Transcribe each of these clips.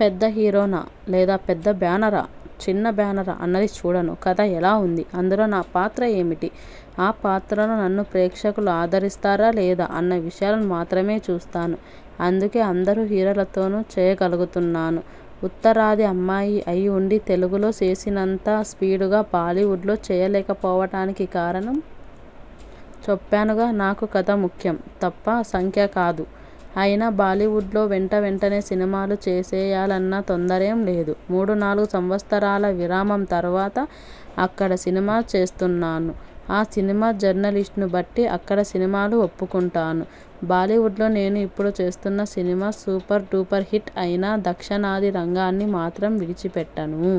పెద్ద హీరోనా, లేదా పెద్ద బ్యానరా? చిన్న బ్యానరా? అన్నది చూడను. కథ ఎలా ఉంది? అందులో నా పాత్ర ఏమిటి? ఆ పాత్రలో నన్ను ప్రేక్షకులు ఆదరిస్తారా? లేదా? అన్న విషయాలు మాత్రమే చూస్తాను అందుకే అందరు హీరోలతోనూ చేయగలుగుతున్నాను. ఉత్తరాది అమ్మాయి అయి ఉండి తెలుగులో చేసినంత స్పీడుగా బాలీవుడ్లో చేయకపోవడానికి కారణం? చెప్పానుగా నాకు కథ ముఖ్యం తప్ప సంఖ్య కాదు. అయినా బాలీవుడ్లో వెంట వెంటనే సినిమాలు చేసేయాలన్న తొందరేం లేదు. మూడు నాలుగు సంవత్సరాల విరామం తరువాత అక్కడ సినిమా చేస్తున్నాను. ఆ సినిమా రిజల్ట్ని బట్టి అక్కడ సినిమాలు ఒప్పుకుంటాను. బాలీవుడ్లో నేను ఇప్పుడు చేస్తున్న సినిమా సూపర్డూపర్ హిట్ అయినా దక్షిణాది రంగాన్ని మాత్రం విడిచిపెట్టను.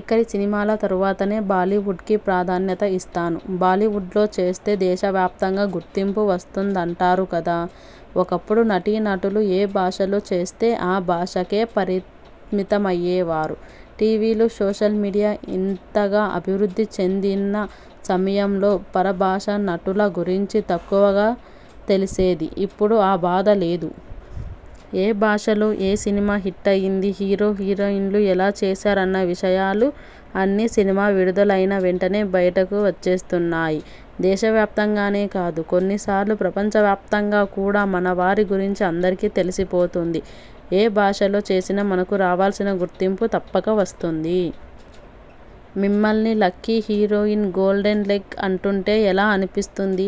ఇక్కడి సినిమాల తరువాతనే బాలీవుడ్కి ప్రాధాన్యత ఇస్తాను. బాలీవుడ్లో చేస్తే దేశవ్యాప్తంగా గుర్తింపు వస్తుందంటారు కదా? ఒకప్పుడు నటీనటులు ఏ భాషలో చేస్తే ఆ భాషకే పరిమితమయ్యేవారు. టీవీలు, సోషల్ మీడియా ఇంతగా అభివృద్ధి చెందని సమయంలో పరభాషానటుల గురించి తక్కువగా తెలిసేది! ఇప్పుడు ఆ బాధ లేదు. ఏ భాషలో ఏ సినిమా హిట్టయింది హీరో హీరోయిన్లు ఎలా చేశారు అన్న విషయాలు అన్నీ సినిమా విడుదలైన వెంటనే బయటకు వచ్చేస్తున్నాయి. దేశవ్యాప్తంగానే కాదు, కొన్నిసార్లు ప్రపంచవ్యాప్తంగా కూడా మనవారి గురించి అందరికీ తెలిసిపోతోంది. ఏ భాషలో చేసినా మనకు రావలసిన గుర్తింపు తప్పక వస్తుంది. మిమ్మల్ని లక్కీ హీరోయిన్, గోల్డెన్ లెగ్ అంటూంటే ఎలా అనిపిస్తుంది?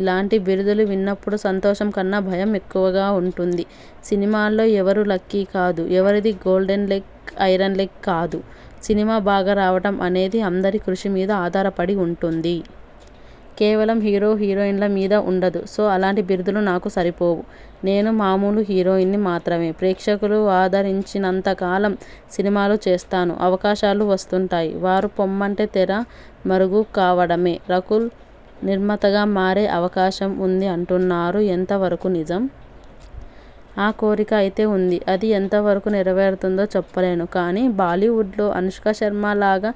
ఇలాంటి బిరుదులు విన్నప్పుడు సంతోషం కన్నా భయం ఎక్కువగా ఉంటుంది. సినిమాల్లో ఎవరూ లక్కీ కాదు. ఎవరిదీ గోల్డెన్ లెగ్, ఐరెన్ లెగ్ కాదు. సినిమా బాగా రావడం అనేది అందరి కృషి మీద ఆధారపడి ఉంటుంది. కేవలం హీరో హీరోయిన్ల మీద ఉండదు. సో అలాంటి బిరుదులు నాకు సరిపోవు. నేను మామూలు హీరోయిన్ని మాత్రమే! ప్రేక్షకులు ఆదరించినంత కాలం సినిమాలు చేస్తాను. అవకాశాలు వస్తుంటాయి. వారు పొమ్మంటే తెర మరుగు కావడమే! రకూల్ నిర్మాతగా మారే అవకాశం ఉంది అంటున్నారు ఎంత వరకు నిజం? ఆ కోరిక అయితే ఉంది. అది ఎంత వరకూ నెరవేరుతుందో చెప్పలేను. బాలీవుడ్లో అనుష్క శర్మ లాగా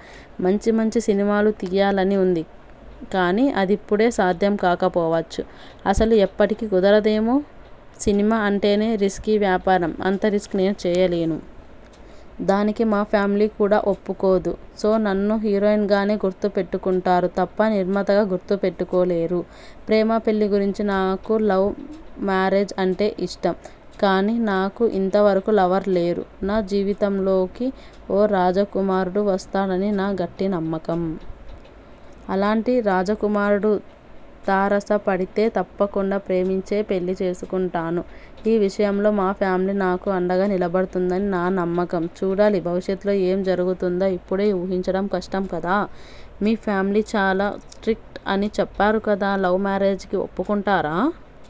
మంచి మంచి సినిమాలు తీయాలని ఉంది. కానీ అదిప్పుడే సాధ్యం కాకపోవచ్చు. అసలు ఎప్పటికీ కుదరదేమో! సినిమా అంటేనే రిస్కీ వ్యాపారం. అంత రిస్క్ నేను చేయలేను. దానికి మా ఫ్యామిలీ కూడా ఒప్పుకోదు. సో నన్ను హీరోయిన్గానే గుర్తు పెట్టుకుంటారు తప్ప నిర్మాతగా గుర్తు పెట్టుకోలేరు. ప్రేమా పెళ్ళి గురించి నాకు లవ్ మ్యారేజ్ అంటే ఇష్టం. కానీ నాకు ఇంత వరకూ లవర్ లేరు. నా జీవితంలోకి ఓ రాజకుమారుడు వస్తాడని నా గట్టి నమ్మకం. అలాంటి రాజకుమారుడు తారసపడితే తప్పకుండా ప్రేమించే పెళ్ళి చేసుకుంటాను. ఈ విషయంలో మా ఫ్యామిలీ నాకు అండగా నిలబడుతుందని నా నమ్మకం. చూడాలి భవిష్యత్తులో ఏం జరుగుతుందో ఇప్పుడే ఊహించడం కష్టం కదా! మీ ఫ్యామిలీ చాలా స్ట్రిక్ట్ అని చెప్పారు కదా? లవ్ మ్యారేజీకి ఒప్పుకుంటారా?